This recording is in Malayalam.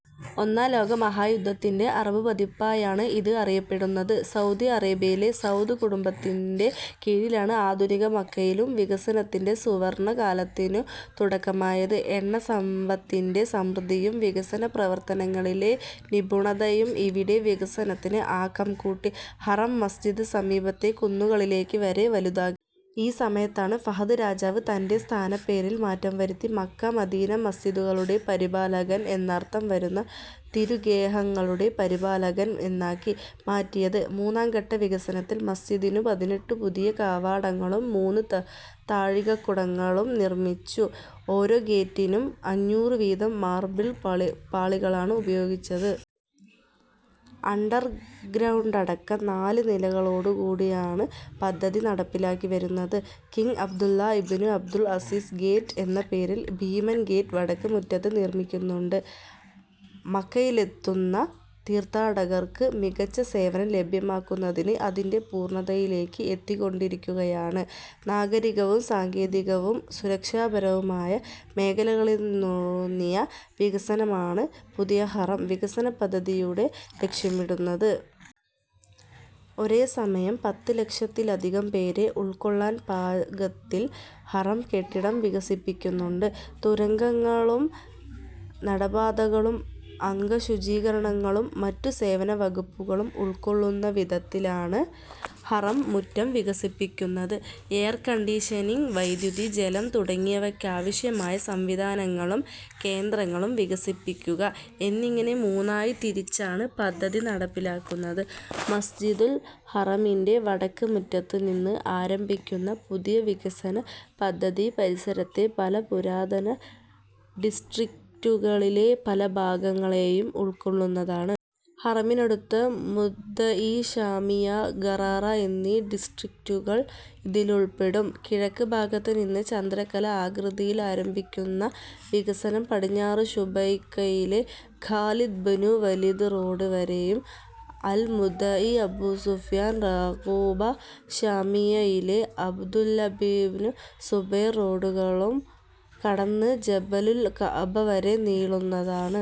ഒന്നാം ലോക മഹാ യുദ്ധത്തിന്റെ അറബ് പതിപ്പായാണ് ഇത് അറിയപ്പെടുന്നത്. സൗദി അറേബ്യയിലെ സൗദ് കുടുംബത്തിന്റെ കീഴിലാണ് ആധുനിക മക്കയിലും വികസനത്തിന്റെ സുവർണ കാലത്തിനു തുടക്കമായത്. എണ്ണ സമ്പത്തിന്റെ സമൃദ്ധിയും വികസന പ്രവർത്തനങ്ങളിലെ നിപുണതയും ഇവിടെ വികസനത്തിന് ആക്കം കൂട്ടി. ഹറം മസ്ജിദ് സമീപത്തെ കുന്നുകളിലേക്ക് വരെ വലുതാക്കി. ഈ സമയത്താണ് ഫഹദ് രാജാവ് തന്റെ സ്ഥാനപ്പേരിൽ മാറ്റം വരുത്തി മക്ക-മദീന മസ്ജിദുകളുടെ പരിപാലകൻ എന്നർത്ഥം വരുന്ന തിരു ഗേഹങ്ങളുടെ പരിപാലകൻ എന്നാക്കി മാറ്റിയത്. മൂന്നാം ഘട്ട വികസനത്തിൽ മസ്ജിദിനു പതിനെട്ടു പുതിയ കവാടങ്ങളും മൂന്നു താഴികക്കുടങ്ങളും നിർമ്മിച്ചു. ഓരോ ഗേറ്റിനും അഞ്ഞൂറ് വീതം മാർബിൾ പാളികളാണ് ഉപയോഗിച്ചത്. അണ്ടർ ഗ്രൗണ്ടടക്കം നാല് നിലകളോട് കൂടിയാണ് പദ്ധതി നടപ്പിലാക്കി വരുന്നത്. King Abdullah ibnu Abdul Aziz gate എന്ന പേരിൽ ഭീമൻ ഗേറ്റ് വടക്ക് മുറ്റത്ത് നിർമ്മിക്കുന്നുണ്ട്. മക്കയിലെത്തുന്ന തീർത്ഥാടകർക്ക് മികച്ച സേവനം ലഭ്യമാക്കുന്നതിന് അതിന്റെ പൂർണതയിലേക്ക് എത്തിക്കൊണ്ടിരിക്കുകയാണ്. നാഗരികവും സങ്കേതികവും സുരക്ഷാപരവുമായ മേഖലകളിലൂന്നിയ വികസനമാണ് പുതിയ ഹറം വികസന പദ്ധതിയിലൂടെ ലക്ഷ്യമിടുന്നത്. ഒരേ സമയം പത്ത് ലക്ഷത്തിലധികം പേരെ ഉൾക്കൊള്ളാൻ പാകത്തിൽ ഹറം കെട്ടിടം വികസിപ്പിക്കുന്നുണ്ട്. തുരങ്കങ്ങളും നടപ്പാതകളും അംഗശുചീകരണങ്ങളും മറ്റു സേവന വകുപ്പുകളും ഉൾകൊള്ളുന്നവിധത്തിൽ ആണ് ഹറം മുറ്റം വികസിപ്പിക്കുന്നത്. എയർകണ്ടീഷനിങ്, വൈദ്യുതി, ജലം തുടങ്ങിയവക്കാവശ്യമായ സംവിധാനങ്ങളും കേന്ദ്രങ്ങളും വികസിപ്പിക്കുക എന്നിങ്ങനെ മൂന്നായി തിരിച്ചാണ് പദ്ധതി നടപ്പിലാക്കുന്നത്. മസ്ജിദുൽ ഹറമിന്റെ വടക്ക് മുറ്റത്ത് നിന്ന് ആരംഭിക്കുന്ന പുതിയ വികസന പദ്ധതി പരിസരത്തെ പല പുരാതന ഡിസ്ട്രിക്റ്റുകളിലെ പല ഭാഗങ്ങളെയും ഉൾക്കൊള്ളുന്നതാണ്. ഹറമിനടുത്ത മുദ്ദഇ, ശാമിയ, ഖറാറ എന്നീ ഡിസ്ട്രിക്റ്റുകൾ ഇതിലുൾപ്പെടും. കിഴക്ക് ഭാഗത്ത് നിന്ന് ചന്ദ്രക്കല ആകൃതിയിൽ ആരംഭിക്കുന്ന വികസനം പടിഞ്ഞാറ് ശുബൈയ്ക്കയിലെ ഖാലിദ് ബ്നു വലീദ് റോഡ് വരെയും അൽമുദ്ദഇ, അബൂസുഫ്യാൻ, റാഖൂബ, ശാമിയയിലെ അബ്ദുല്ലാഹിബ്നു സുബൈർ റോഡുകളും കടന്ന് ജബലുൽ കഅബ വരെ നീളുന്നതാണ്.